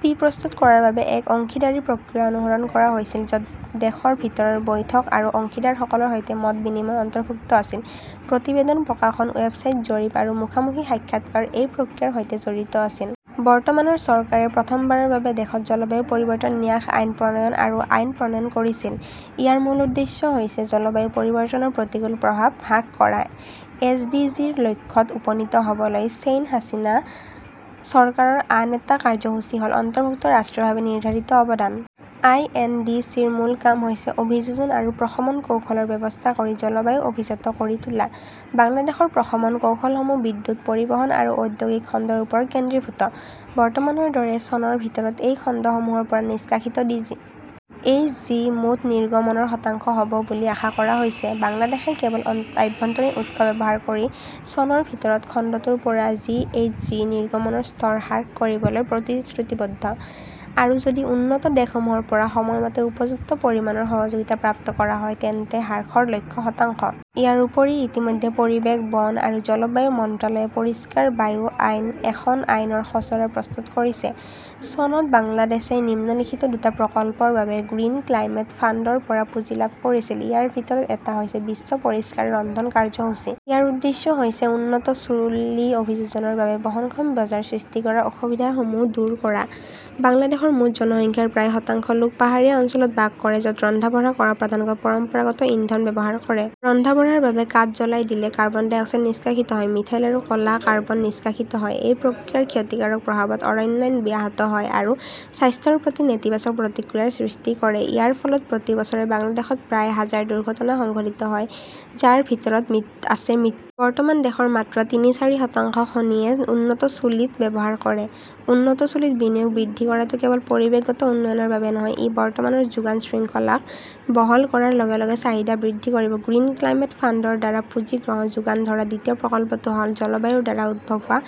P. প্ৰস্তুত কৰাৰ বাবে এক অংশীদাৰী প্ৰক্ৰিয়া অনুসৰণ কৰা হৈছিল য'ত দেশৰ ভিতৰৰ বৈঠক আৰু অংশীদাৰসকলৰ সৈতে মত বিনিময় অন্তৰ্ভুক্ত আছিল। প্ৰতিবেদন, প্ৰকাশন, ৱেবছাইট, জৰীপ আৰু মুখামুখি সাক্ষাৎকাৰ এই প্ৰক্ৰিয়াৰ সৈতে জড়িত আছিল। বৰ্তমানৰ চৰকাৰে প্ৰথমবাৰৰ বাবে দেশত জলবায়ু পৰিৱৰ্তন ন্যাস আইন প্ৰণয়ন আৰু আইন প্ৰণয়ন কৰিছিল। ইয়াৰ মূল উদ্দেশ্য হৈছে জলবায়ু পৰিৱৰ্তনৰ প্ৰতিকূল প্ৰভাৱ হ্ৰাস কৰা। এছ. ডি. জি. -ৰ লক্ষ্যত উপনীত হ'বলৈ শ্বেইখ হাছিনা চৰকাৰৰ আন এটা কাৰ্যসূচী হ'ল অন্তৰ্ভুক্ত ৰাষ্ট্ৰীয়ভাৱে নিৰ্ধাৰিত অৱদান। আই. এন. ডি. চি. -ৰ মূল কাম হৈছে অভিযোজন আৰু প্ৰশমন কৌশলৰ ব্যৱস্থা কৰি জলবায়ু অভিজাত কৰি তোলা। বাংলাদেশৰ প্ৰশমন কৌশলসমূহ বিদ্যুৎ, পৰিবহণ আৰু ঔদ্যোগিক খণ্ডৰ ওপৰত কেন্দ্ৰীভূত। "বৰ্তমানৰ দৰে, চনৰ ভিতৰত এই খণ্ডসমূহৰ পৰা নিষ্কাশিত জি. এইচ. জি. মুঠ নিৰ্গমনৰ শতাংশ হ'ব বুলি আশা কৰা হৈছে। বাংলাদেশই কেৱল আভ্যন্তৰীণ উৎস ব্যৱহাৰ কৰি চনৰ ভিতৰত খণ্ডটোৰ পৰা জি. এইচ. জি. নিৰ্গমনৰ স্তৰ শতাংশ হ্ৰাস কৰিবলৈ প্ৰতিশ্ৰুতিবদ্ধ। আৰু যদি উন্নত দেশসমূহৰ পৰা সময়মতে উপযুক্ত পৰিমাণৰ সহযোগিতা প্ৰাপ্ত কৰা হয়, তেন্তে হ্ৰাসৰ লক্ষ্য শতাংশ। ইয়াৰ উপৰিও, ইতিমধ্যে পৰিৱেশ, বন আৰু জলবায়ু মন্ত্ৰালয়ে 'পৰিষ্কাৰ বায়ু আইন, "এখন আইনৰ খচৰা প্ৰস্তুত কৰিছে। চনত বাংলাদেশই নিম্নলিখিত দুটা প্ৰকল্পৰ বাবে গ্ৰীণ ক্লাইমেট ফাণ্ড ৰ পৰা পুঁজি লাভ কৰিছিল। ইয়াৰ ভিতৰত এটা হৈছে 'বিশ্ব পৰিষ্কাৰ ৰন্ধন কাৰ্যসূচী "। ইয়াৰ উদ্দেশ্য হৈছে উন্নত চুৰল্লী অভিযোজনৰ বাবে বহনক্ষম বজাৰ সৃষ্টি কৰাৰ অসুবিধাসমূহ দূৰ কৰা। বাংলাদেশৰ মুঠ জনসংখ্যাৰ প্ৰায় শতাংশ লোক পাহাৰীয়া অঞ্চলত বাস কৰে য 'ত ৰন্ধা-বঢ়া কৰা প্ৰধানকৈ পৰম্পৰাগত ইন্ধন ব্যৱহাৰ কৰে। ৰন্ধা-বঢ়াৰ বাবে কাঠ জ্বলাই দিলে কাৰ্বন ডাই অক্সাইড নিষ্কাশিত হয়। মিথাইল আৰু ক 'লা কাৰ্বন নিষ্কাশিত হয়। এই প্ৰক্ৰিয়াৰ ক্ষতিকাৰক প্ৰভাৱত অৰণ্যায়ন ব্যাহত হয় আৰু স্বাস্থ্যৰ প্ৰতি নেতিবাচক প্ৰতিক্ৰিয়াৰ সৃষ্টি কৰে। ইয়াৰ ফলত প্ৰতি বছৰে বাংলাদেশত প্ৰায় হাজাৰ দুৰ্ঘটনা সংঘটিত হয়, যাৰ ভিতৰত আছে মৃত্যু। বৰ্তমান, দেশৰ মাত্ৰ তিনি-চাৰি শতাংশ খনিয়ে উন্নত চুলিত ব্যৱহাৰ কৰে। উন্নত চুলিত বিনিয়োগ বৃদ্ধি কৰাটো কেৱল পৰিৱেশগত উন্নয়নৰ বাবে নহয়; ই বৰ্তমানৰ যোগান শৃংখলাক বহল কৰাৰ লগে লগে চাহিদা বৃদ্ধি কৰিব। গ্ৰীণ ক্লাইমেট ফাণ্ড ৰ দ্বাৰা পুঁজি যোগান ধৰা দ্বিতীয় প্ৰকল্পটো হ 'ল' জলবায়ুৰ দ্বাৰা উদ্ভৱ হোৱা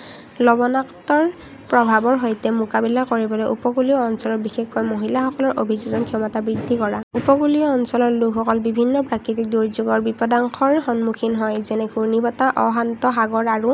লবণাক্ততাৰ প্ৰভাৱৰ সৈতে মোকাবিলা কৰিবলৈ উপকূলীয় অঞ্চলৰ বিশেষকৈ মহিলাসকলৰ অভিযোজন ক্ষমতা বৃদ্ধি কৰা '। উপকূলীয় অঞ্চলৰ লোকসকল বিভিন্ন প্ৰাকৃতিক দুৰ্যোগৰ বিপদাশংকাৰ সন্মুখীন হয়, যেনে ঘূৰ্ণীবতাহ, অশান্ত সাগৰ আৰু